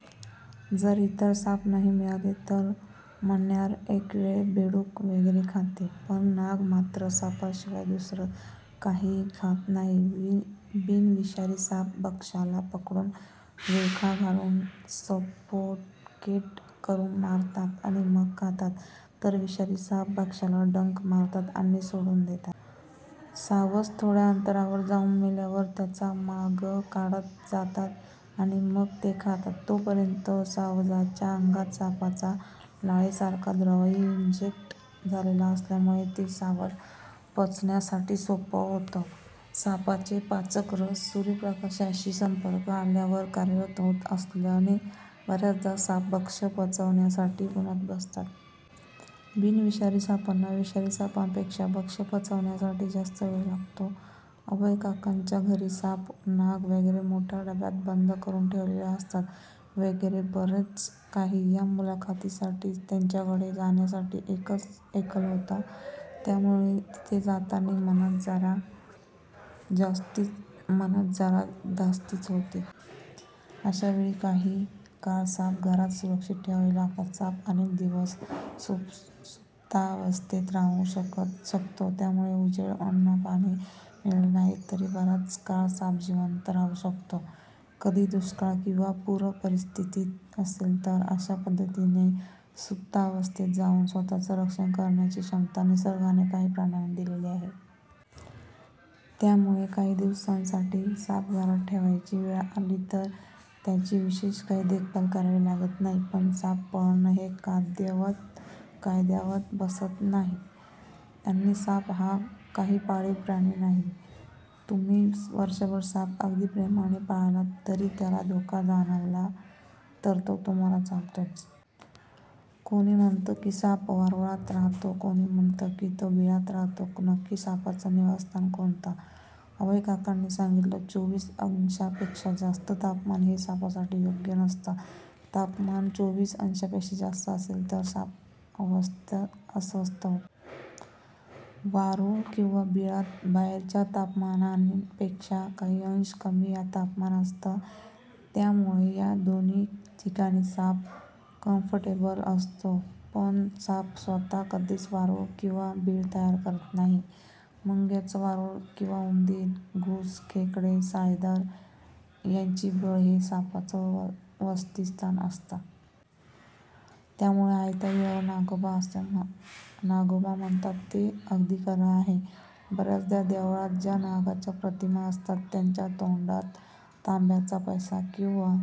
जर इतर साप नाही मिळाले तर मण्यार एकवेळ बेडूक वगैरे खाते, पण नाग मात्र सापांशिवाय दुसरं काहीही खात नाही. बिनविषारी साप भक्ष्याला पकडून, विळखा घालून सफोकेट करून मारतात आणि मग खातात, तर विषारी साप भक्ष्याला डंख मारतात आणि सोडून देतात. सावज थोड्या अंतरावर जाऊन मेल्यावर त्याचा माग काढत जातात आणि मग ते खातात. तोपर्यंत सावजाच्या अंगात सापाचा लाळेसारखा द्रवही इंजेक्ट झालेला असल्यामुळे ते सावज पचण्यासाठी सोपं होतं. सापाचे पाचक रस सूर्यप्रकाशाशी संपर्क आल्यावर कार्यरत होत असल्याने बऱ्याचदा साप भक्ष्य पचवण्यासाठी उन्हात बसतात. बिनविषारी सापांना विषारी सापांपेक्षा भक्ष्य पचवण्यासाठी जास्त वेळ लागतो. अभयकाकांच्या घरी साप, नाग वगैरे मोठ्या डब्यात बंद करून ठेवलेले असतात वगैरे बरंच काही, या मुलाखतीसाठी त्यांच्याकडे जाण्याआधी ऐकलं होतं. त्यामुळे तिथे जाताना मनात जरा धास्तीच होती. अशा वेळी काही काळ साप घरात सुरक्षित ठेवावे लागतात. साप अनेक दिवस सुप्तावस्थेत राहू शकतो, त्यामुळे उजेड, अन्न-पाणी मिळालं नाही तरी बराच काळ साप जिवंत राहू शकतो. कधी दुष्काळ किंवा पूरपरिस्थिती असेल तर अशा पद्धतीने सुप्तावस्थेत जाऊन स्वतःचं रक्षण करण्याची क्षमता निसर्गाने काही प्राण्यांना दिलेली आहे. त्यामुळे काही दिवसांसाठी साप घरात ठेवायची वेळ आली तर त्याची विशेष काही देखभाल करावी लागत नाही. पण साप पाळणं हे कायद्यात बसत नाही आणि साप हा काही पाळीव प्राणी नाही. तुम्ही वर्षभर साप अगदी प्रेमाने पाळलात तरी त्याला धोका जाणवला तर तो तुम्हाला चावतोच! कोणी म्हणतं की साप वारुळात राहतो, कोणी म्हणतं की तो बिळात राहतो. नक्की सापाचं निवासस्थान कोणतं? अभयकाकांनी सांगितलं, चोवीस अंशांपेक्षा जास्त तापमान हे सापासाठी योग्य नसतं. तापमान चोवीस अंशांपेक्षा जास्त असेल तर साप अस्वस्थ होतात. वारूळ किंवा बिळात बाहेरच्या तापमानापेक्षा काही अंश कमी तापमान असतं. त्यामुळे या दोन्ही ठिकाणी साप कम्फर्टेबल असतो. पण साप स्वतः कधीच वारूळ किंवा बीळ तयार करत नाही. मुंग्यांचं वारूळ किंवा उंदीर, घूस, खेकडे, साळींदर यांची बिळं हे सापांचं वसतीस्थान असतं. त्यामुळे 'आयत्या बिळावर नागोबा' म्हणतात ते अगदी खरं आहे! बऱ्याचदा देवळात ज्या नागाच्या प्रतिमा असतात त्यांच्या तोंडात तांब्याचा पैसा किंवा